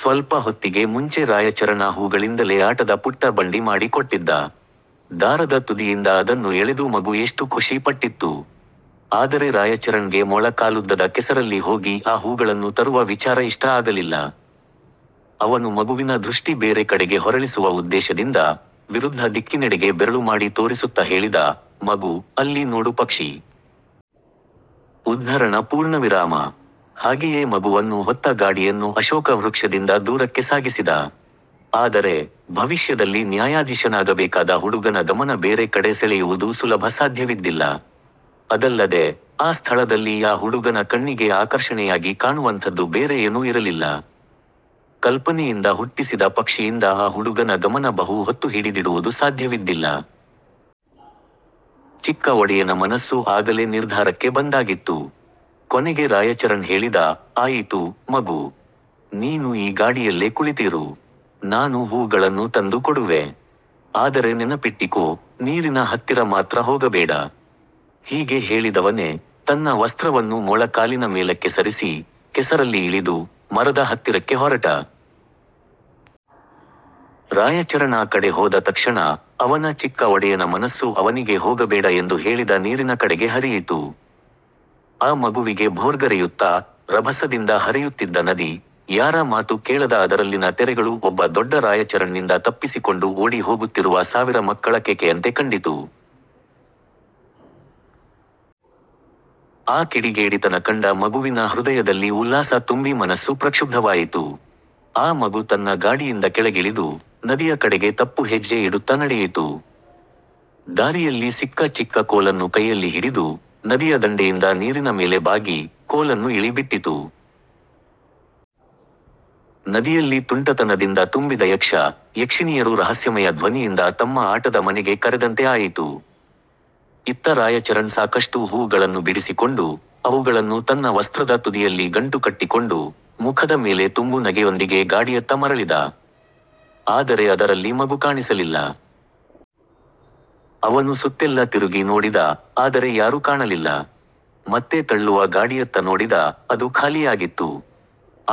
ಸ್ವಲ್ಪ ಹೊತ್ತಿಗೆ ಮುಂಚೆ ರಾಯಚರಣ್ ಆ ಹೂಗಳಿಂದಲೇ ಆಟದ ಪುಟ್ಟ ಬಂಡಿ ಮಾಡಿ ಕೊಟ್ಟಿದ್ದ. ದಾರದ ತುದಿಯಿಂದ ಅದನ್ನು ಎಳೆದು ಮಗು ಎಷ್ಟು ಖುಷಿ ಪಟ್ಟಿತ್ತು. ಆದರೆ ರಾಯಚರಣ್ ಗೆ ಮೊಳ ಕಾಲುದ್ದದ ಕೆಸರಲ್ಲಿ ಹೋಗಿ ಆ ಹೂಗಳನ್ನು ತರುವ ವಿಚಾರ ಇಷ್ಟ ಆಗಲಿಲ್ಲ. ಅವನು ಮಗುವಿನ ದೃಷ್ಟಿ ಬೇರೆ ಕಡೆಗೆ ಹೊರಳಿಸುವ ಉದ್ದೇಶದಿಂದ, ವಿರುದ್ಧ ದಿಕ್ಕಿನೆಡೆಗೆ ಬೆರಳು ಮಾಡಿ ತೋರಿಸುತ್ತ ಹೇಳಿದ "ಮಗು, ಅಲ್ಲಿ ನೋಡು ಪಕ್ಷಿ! ". ಹಾಗೆಯೇ ಮಗುವನ್ನು ಹೊತ್ತ ಗಾಡಿಯನ್ನು ಅಶೋಕ ವೃಕ್ಷದಿಂದ ದೂರಕ್ಕೆ ಸಾಗಿಸಿದ. ಆದರೆ, ಭವಿಷ್ಯದಲ್ಲಿ ನ್ಯಾಯಾಧೀಶನಾಗಬೇಕಾದ ಹುಡುಗನ ಗಮನ ಬೇರೆ ಕಡೆ ಸೆಳೆಯುವುದು ಸುಲಭ ಸಾಧ್ಯವಿದ್ದಿಲ್ಲ. ಅದಲ್ಲದೆ, ಆ ಸ್ಥಳದಲ್ಲಿ ಆ ಹುಡುಗನ ಕಣ್ಣಿಗೆ ಆಕರ್ಷಣೆಯಾಗಿ ಕಾಣುವಂಥದ್ದು ಬೇರೆ ಎನೂ ಇರಲಿಲ್ಲ. ಕಲ್ಪನೆಯಿಂದ ಹುಟ್ಟಿಸಿದ ಪಕ್ಷಿಯಿಂದ ಆ ಹುಡುಗನ ಗಮನ ಬಹು ಹೊತ್ತು ಹಿಡಿದಿಡುವುದು ಸಾಧ್ಯವಿದ್ದಿಲ್ಲ. ಚಿಕ್ಕ ಒಡೆಯನ ಮನಸ್ಸು ಆಗಲೇ ನಿರ್ಧಾರಕ್ಕೆ ಬಂದಾಗಿತ್ತು. ಕೊನೆಗೆ ರಾಯಚರಣ್ ಹೇಳಿದ "ಆಯಿತು, ಮಗು. ನೀನು ಈ ಗಾಡಿಯಲ್ಲೇ ಕುಳಿತಿರು. ನಾನು ಹೂ ಗಳನ್ನು ತಂದು ಕೊಡುವೆ. ಆದರೆ ನೆನಪಿಟ್ಟಿಕೋ, ನೀರಿನ ಹತ್ತಿರ ಮಾತ್ರ ಹೋಗಬೇಡ". ಹೀಗೆ ಹೇಳಿದವನೇ, ತನ್ನ ವಸ್ತ್ರವನ್ನು ಮೊಳ ಕಾಲಿನ ಮೇಲಕ್ಕೆ ಸರಿಸಿ, ಕೆಸರಲ್ಲಿ ಇಳಿದು, ಮರದ ಹತ್ತಿರಕ್ಕೆ ಹೊರಟ. ರಾಯಚರಣ್ ಆ ಕಡೆ ಹೋದ ತಕ್ಷಣ, ಅವನ ಚಿಕ್ಕ ಒಡೆಯನ ಮನಸ್ಸು ಅವನಿಗೆ ಹೋಗಬೇಡ ಎಂದು ಹೇಳಿದ ನೀರಿನ ಕಡೆಗೆ ಹರಿಯಿತು. ಅ ಮಗುವಿಗೆ ಭೋರ್ಗರೆಯುತ್ತಾ, ರಭಸದಿಂದ ಹರೆಯುತ್ತಿದ್ದ ನದಿ, ಯಾರ ಮಾತು ಕೇಳದ ಅದರಲ್ಲಿನ ತೆರೆಗಳು ಒಬ್ಬ ದೊಡ್ಡ ರಾಯಚರಣ್ ನಿಂದ ತಪ್ಪಿಸಿಕೊಂಡು ಓಡಿ ಹೋಗುತ್ತಿರುವ ಸಾವಿರ ಮಕ್ಕಳ ಕೇಕೆಯಂತೆ ಕಂಡಿತು. ಆ ಕಿಡಿಗೇಡಿತನ ಕಂಡ ಮಗುವಿನ ಹೃದಯದಲ್ಲಿ ಉಲ್ಲಾಸ ತುಂಬಿ ಮನಸ್ಸು ಪ್ರಕ್ಷುಬ್ಧವಾಯಿತು. ಆ ಮಗು ತನ್ನ ಗಾಡಿಯಿಂದ ಕೆಳಗಿಳಿದು, ನದಿಯ ಕಡೆಗೆ ತಪ್ಪು ಹೆಜ್ಜೆ ಇಡುತ್ತ ನಡೆಯಿತು. ದಾರಿಯಲ್ಲಿ ಸಿಕ್ಕ ಚಿಕ್ಕ ಕೋಲನ್ನು ಕೈಯಲ್ಲಿ ಹಿಡಿದು, ನದಿಯ ದಂಡೆಯಿಂದ ನೀರಿನ ಮೇಲೆ ಬಾಗಿ, ಕೋಲನ್ನು ಇಳಿ ಬಿಟ್ಟಿತು. ನದಿಯಲ್ಲಿ ತುಂಟತನದಿಂದ ತುಂಬಿದ ಯಕ್ಷ, ಯಕ್ಷಿಣಿಯರು ರಹಸ್ಯಮಯ ಧ್ವನಿಯಿಂದ ತಮ್ಮ ಆಟದ ಮನೆಗೆ ಕರೆದಂತೆ ಆಯಿತು. ಇತ್ತ ರಾಯಚರಣ್ ಸಾಕಷ್ಟು ಹೂ ಗಳನ್ನು ಬಿಡಿಸಿಕೊಂಡು, ಅವುಗಳನ್ನು ತನ್ನ ವಸ್ತ್ರದ ತುದಿಯಲ್ಲಿ ಗಂಟು ಕಟ್ಟಿಕೊಂಡು, ಮುಖದ ಮೇಲೆ ತುಂಬು ನಗೆಯೊಂದಿಗೆ ಗಾಡಿಯತ್ತ ಮರಳಿದ. ಆದರೆ ಅದರಲ್ಲಿ ಮಗುಕಾಣಿಸಲಿಲ್ಲ. ಅವನು ಸುತ್ತೆಲ್ಲ ತಿರುಗಿ ನೋಡಿದ, ಆದರೆ ಯಾರೂ ಕಾಣಲಿಲ್ಲ. ಮತ್ತೆ ತಳ್ಳುವ ಗಾಡಿಯತ್ತ ನೋಡಿದ, ಅದು ಖಾಲಿಯಾಗಿತ್ತು.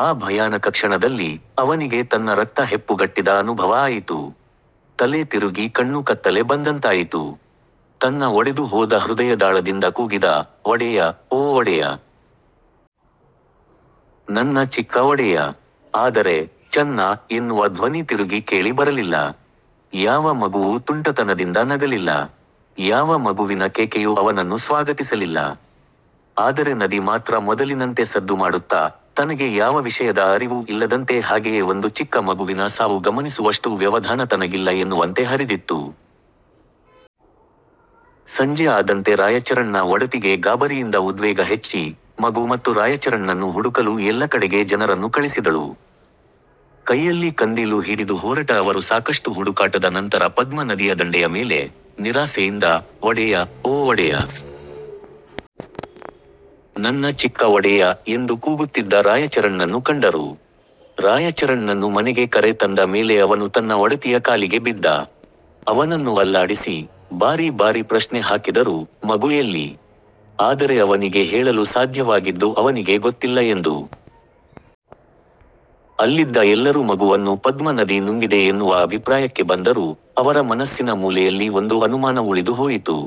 ಆ ಭಯಾನಕ ಕ್ಷಣದಲ್ಲಿ, ಅವನಿಗೆ ತನ್ನ ರಕ್ತ ಹೆಪ್ಪುಗಟ್ಟಿದ ಅನುಭವ ಆಯಿತು. ತಲೆ ತಿರುಗಿ ಕಣ್ಣು ಕತ್ತಲೆ ಬಂದಂತಾಯಿತು. ತನ್ನ ಒಡೆದು ಹೋದ ಹೃದಯದಾಳದಿಂದ ಕೂಗಿದ "ಒಡೆಯ, ಓ ಒಡೆಯ. ನನ್ನ ಚಿಕ್ಕ ಒಡೆಯ". ಆದರೆ "ಚನ್ನಾ" ಎನ್ನುವ ಧ್ವನಿ ತಿರುಗಿ ಕೇಳಿ ಬರಲಿಲ್ಲ. ಯಾವ ಮಗುವೂ ತುಂಟತನದಿಂದ ನಗಲಿಲ್ಲ. ಯಾವ ಮಗುವಿನ ಕೇಕೆಯು ಅವನನ್ನು ಸ್ವಾಗತಿಸಲಿಲ್ಲ. ಆದರೆ ನದಿ ಮಾತ್ರ ಮೊದಲಿನಂತೆ ಸದ್ದು ಮಾಡುತ್ತಾ, ತನಗೆ ಯಾವ ವಿಷಯದ ಅರಿವೂ ಇಲ್ಲದಂತೆ ಹಾಗೆಯೇ ಒಂದು ಚಿಕ್ಕ ಮಗುವಿನ ಸಾವು ಗಮನಿಸುವಷ್ಟು ವ್ಯವಧಾನ ತನಗಿಲ್ಲ ಎನ್ನುವಂತೆ ಹರಿದಿತ್ತು. ಸಂಜೆ ಆದಂತೆ ರಾಯಚರಣ್ ನ ಒಡತಿಗೆ ಗಾಬರಿಯಿಂದ ಉದ್ವೇಗ ಹೆಚ್ಚಿ, ಮಗು ಮತ್ತು ರಾಯಚರಣ್ ನನ್ನು ಹುಡುಕಲು ಎಲ್ಲ ಕಡೆಗೆ ಜನರನ್ನು ಕಳಿಸಿದಳು. ಕೈಯಲ್ಲಿ ಕಂದೀಲು ಹಿಡಿದು ಹೋರಟ ಅವರು ಸಾಕಷ್ಟು ಹುಡುಕಾಟದ ನಂತರ ಪದ್ಮ ನದಿಯ ದಂಡೆಯ ಮೇಲೆ, ನಿರಾಸೆಯಿಂದ "ಒಡೆಯ, ಓ ಒಡೆಯ. ನನ್ನ ಚಿಕ್ಕ ಒಡೆಯ" ಎಂದು ಕೂಗುತ್ತಿದ್ದ ರಾಯಚರಣ್ ನನ್ನು ಕಂಡರು. ರಾಯಚರಣ್ ನನ್ನು ಮನೆಗೆ ಕರೆ ತಂದ ಮೇಲೆ ಅವನು ತನ್ನ ಒಡತಿಯ ಕಾಲಿಗೆ ಬಿದ್ದ. ಅವನನ್ನು ಅಲ್ಲಾಡಿಸಿ, ಬಾರಿ ಬಾರಿ ಪ್ರಶ್ನೆ ಹಾಕಿದರು "ಮಗು ಎಲ್ಲಿ". ಆದರೆ ಅವನಿಗೆ ಹೇಳಲು ಸಾಧ್ಯವಾಗಿದ್ದು ಅವನಿಗೆ ಗೊತ್ತಿಲ್ಲ ಎಂದು. ಅಲ್ಲಿದ್ದ ಎಲ್ಲರೂ ಮಗುವನ್ನು ಪದ್ಮ ನದಿ ನುಂಗಿದೆ ಎನ್ನುವ ಅಭಿಪ್ರಾಯಕ್ಕೆ ಬಂದರೂ, ಅವರ ಮನಸ್ಸಿನ ಮೂಲೆಯಲ್ಲಿ ಒಂದು ಅನುಮಾನ ಉಳಿದು ಹೋಯಿತು.